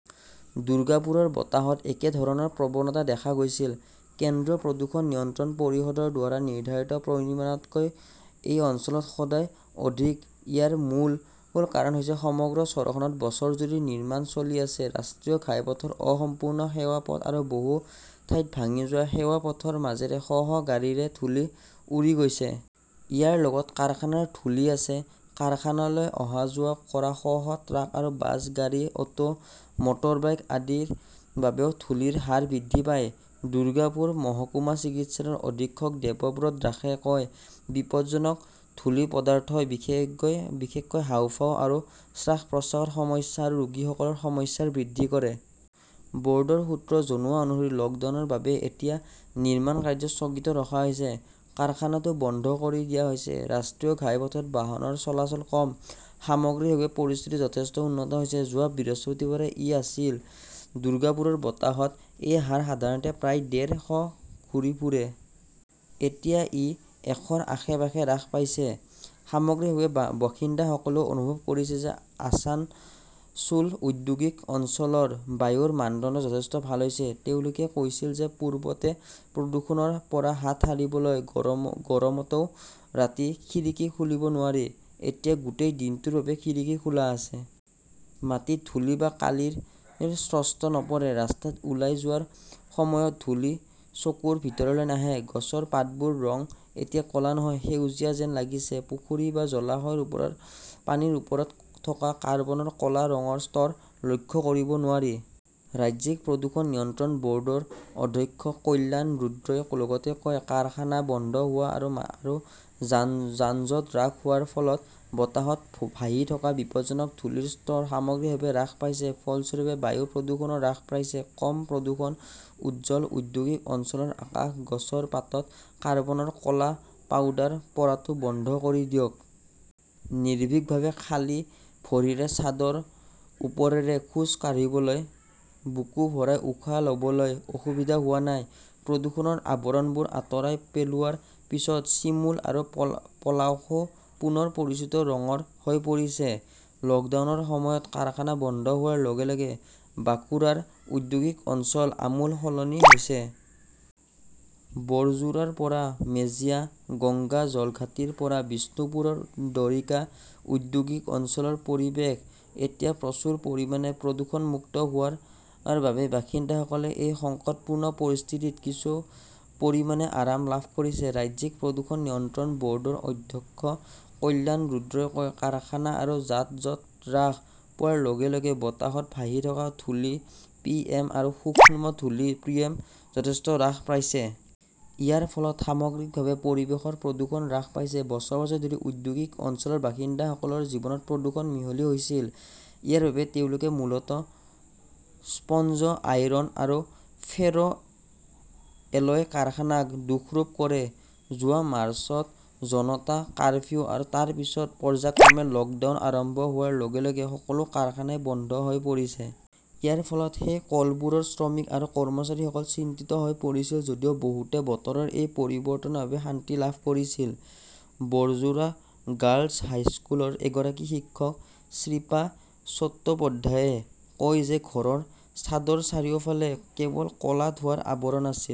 দুৰ্গাপুৰৰ বতাহত একে ধৰণৰ প্ৰৱণতা দেখা গৈছিল। কেন্দ্ৰীয় প্ৰদূষণ নিয়ন্ত্ৰণ পৰিষদৰ দ্বাৰা নিৰ্ধাৰিত পৰিমাণতকৈ এই অঞ্চলত সদায় অধিক, ইয়াৰ মূল কাৰণ হৈছে সমগ্ৰ চহৰখনত বছৰজুৰি নিৰ্মাণ চলি আছে। ৰাষ্ট্ৰীয় ঘাইপথৰ 'অসম্পূৰ্ণ' সেৱা পথ আৰু বহু ঠাইত ভাঙি যোৱা সেৱা পথৰ মাজেৰে শ শ গাড়ীৰে ধূলি উৰি গৈছিল। ইয়াৰ লগত কাৰখানাৰ ধূলি আছে। কাৰখানালৈ অহা-যোৱা কৰা শ শ ট্ৰাক আৰু বাছ, গাড়ী, অটো, মটৰবাইক আদিৰ বাবেও ধূলিৰ হাৰ বৃদ্ধি পায়। দুৰ্গাপুৰ মহকুমা চিকিৎসালয়ৰ অধীক্ষক দেবব্ৰত দাসে কয়, বিপদজনক ধূলিৰ পদাৰ্থই বিশেষকৈ হাঁওফাঁও আৰু শ্বাস-প্ৰশ্বাসৰ সমস্যা থকা ৰোগীসকলৰ সমস্যা বৃদ্ধি কৰে। বৰ্ডৰ সূত্ৰই জনোৱা অনুসৰি লকডাউনৰ বাবে এতিয়া নিৰ্মাণ কাৰ্য স্থগিত ৰখা হৈছে। কাৰখানাটো বন্ধ কৰি দিয়া হৈছে। ৰাষ্ট্ৰীয় পথত বাহনৰ চলাচল কম। সামগ্ৰিকভাৱে, পৰিস্থিতি যথেষ্ট উন্নত হৈছে। যোৱা বৃহস্পতিবাৰে ই আছিল। দুৰ্গাপুৰৰ বতাহত এই হাৰ সাধাৰণতে প্ৰায় ডেৰ শ ঘূৰি ফুৰে। এতিয়া ই এশৰ আশে-পাশে হ্ৰাস পাইছে। সামগ্ৰিকভাৱে, বাসিন্দাসকলেও অনুভৱ কৰে যে আছানছোল ঔদ্যোগিক অঞ্চলৰ বায়ুৰ মানদণ্ড যথেষ্ট ভাল হৈছে। তেওঁলোকে কৈছিল যে পূৰ্বতে প্ৰদূষণৰ পৰা হাত সাৰিবলৈ গৰমতও ৰাতি খিৰিকী খুলিব নোৱাৰি। এতিয়া গোটেই দিনটোৰ বাবে খিৰিকী খোলা আছে। মাটিত ধূলি বা কালিৰ স্বস্ত নপৰে। ৰাস্তাত ওলাই যোৱাৰ সময়ত ধূলি চকুৰ ভিতৰলৈ নাহে। গছৰ পাতবোৰৰ ৰং এতিয়া ক 'লা নহয়, সেউজীয়া যেন লাগিছে। পুখুৰী বা জলাশয়ৰ পানীৰ ওপৰত থকা কাৰ্বনৰ ক 'লা ৰঙৰ স্তৰ লক্ষ্য কৰিব নোৱাৰি। ৰাজ্যিক প্ৰদূষণ নিয়ন্ত্ৰণ বৰ্ডৰ অধ্যক্ষ কল্যাণ ৰুদ্ৰই লগতে কয়, কাৰখানা বন্ধ হোৱা আৰু যান-জঁট হ্ৰাস হোৱাৰ ফলত বতাহত ভাহি থকা বিপদজনক ধূলিৰ স্তৰ সামগ্ৰিকভাৱে হ্ৰাস পাইছে। ফলস্বৰূপে, বায়ু প্ৰদূষণও হ্ৰাস পাইছে। কম প্ৰদূষণ, উজ্জ্বল ঔদ্যোগিক অঞ্চলৰ আকাশ গছৰ পাতত কৰ্বনৰ ক 'লা পাউডাৰ পৰাটো বন্ধ কৰি দিয়ক। নিৰ্ভীকভাৱে খালী ভৰিৰে ছাদৰ ওপৰেৰে খোজ কাঢ়িবলৈ। বুকু ভৰাই উশাহ লবলৈ অসুবিধা হোৱা নাই। প্ৰদূষণৰ আৱৰণবোৰ আঁতৰাই পেলোৱাৰ পিছত চিমুল আৰু পলাশও পুনৰ পৰিচিত ৰঙৰ হৈ পৰিছে। লকডাউনৰ সময়ত কাৰখানা বন্ধ হোৱাৰ লগে লগে বাঁকুৰাৰ ঔদ্যোগিক অঞ্চল আমূল সলনি হৈছে। বৰজোৰাৰ পৰা মেজিয়া, গংগা জলঘাটিৰ পৰা বিষ্ণুপুৰৰ দ্বৰিকা ঔদ্যোগিক অঞ্চলৰ পৰিৱেশ এতিয়া প্ৰচুৰ পৰিমাণে প্ৰদূষণমুক্ত হোৱাৰ বাবে বাসিন্দাসকলে এই সংকটপূৰ্ণ পৰিস্থিতিত কিছু পৰিমাণে আৰাম লাভ কৰিছে। ৰাজ্যিক প্ৰদূষণ নিয়ন্ত্ৰণ বৰ্ডৰ অধ্যক্ষ কল্যাণ ৰুদ্ৰই কয়, কাৰখানা আৰু যান-জঁট হ্ৰাস পোৱাৰ লগে লগে বতাহত ভাহি থকা ধূলি পিএম আৰু সূক্ষ্ম ধূলি পিএম যথেষ্ট হ্ৰাস পাইছে। ইয়াৰ ফলত সামগ্ৰিকভাৱে পৰিৱেশৰ প্ৰদূষণ হ্ৰাস পাইছে। বছৰ-বছৰ ধৰি ঔদ্যোগিক অঞ্চলৰ বাসিন্দাসকলৰ জীৱনত প্ৰদূষণ মিহলি হৈছিল। ইয়াৰ বাবে তেওঁলোকে মূলতঃ স্পঞ্জ আইৰণ আৰু ফেৰো এলয় কাৰখানাক দোষাৰোপ কৰে। যোৱা মাৰ্চত জনতা কাৰফিউ আৰু তাৰ পিছত পৰ্য্যায়ক্ৰমে 'লকডাউন আৰম্ভ হোৱাৰ লগে-লগে সকলো কাৰখানাই বন্ধ হৈ পৰিছে। ইয়াৰ ফলত সেই কলবোৰৰ শ্ৰমিক আৰু কৰ্মচাৰীসকল চিন্তিত হৈ পৰিছিল যদিও বহুতে বতৰৰ এই পৰিৱৰ্তনৰ বাবে শান্তি লাভ কৰিছিল। বৰজোৰা গাৰ্লছ হাইস্কুলৰ এগৰাকী শিক্ষক শিপ্ৰা চট্টোপাধ্যায়ই কয় যে ঘৰৰ ছাদৰ চাৰিওফালে কেৱল ক 'লা ধোঁৱাৰ আৱৰণ আছিল।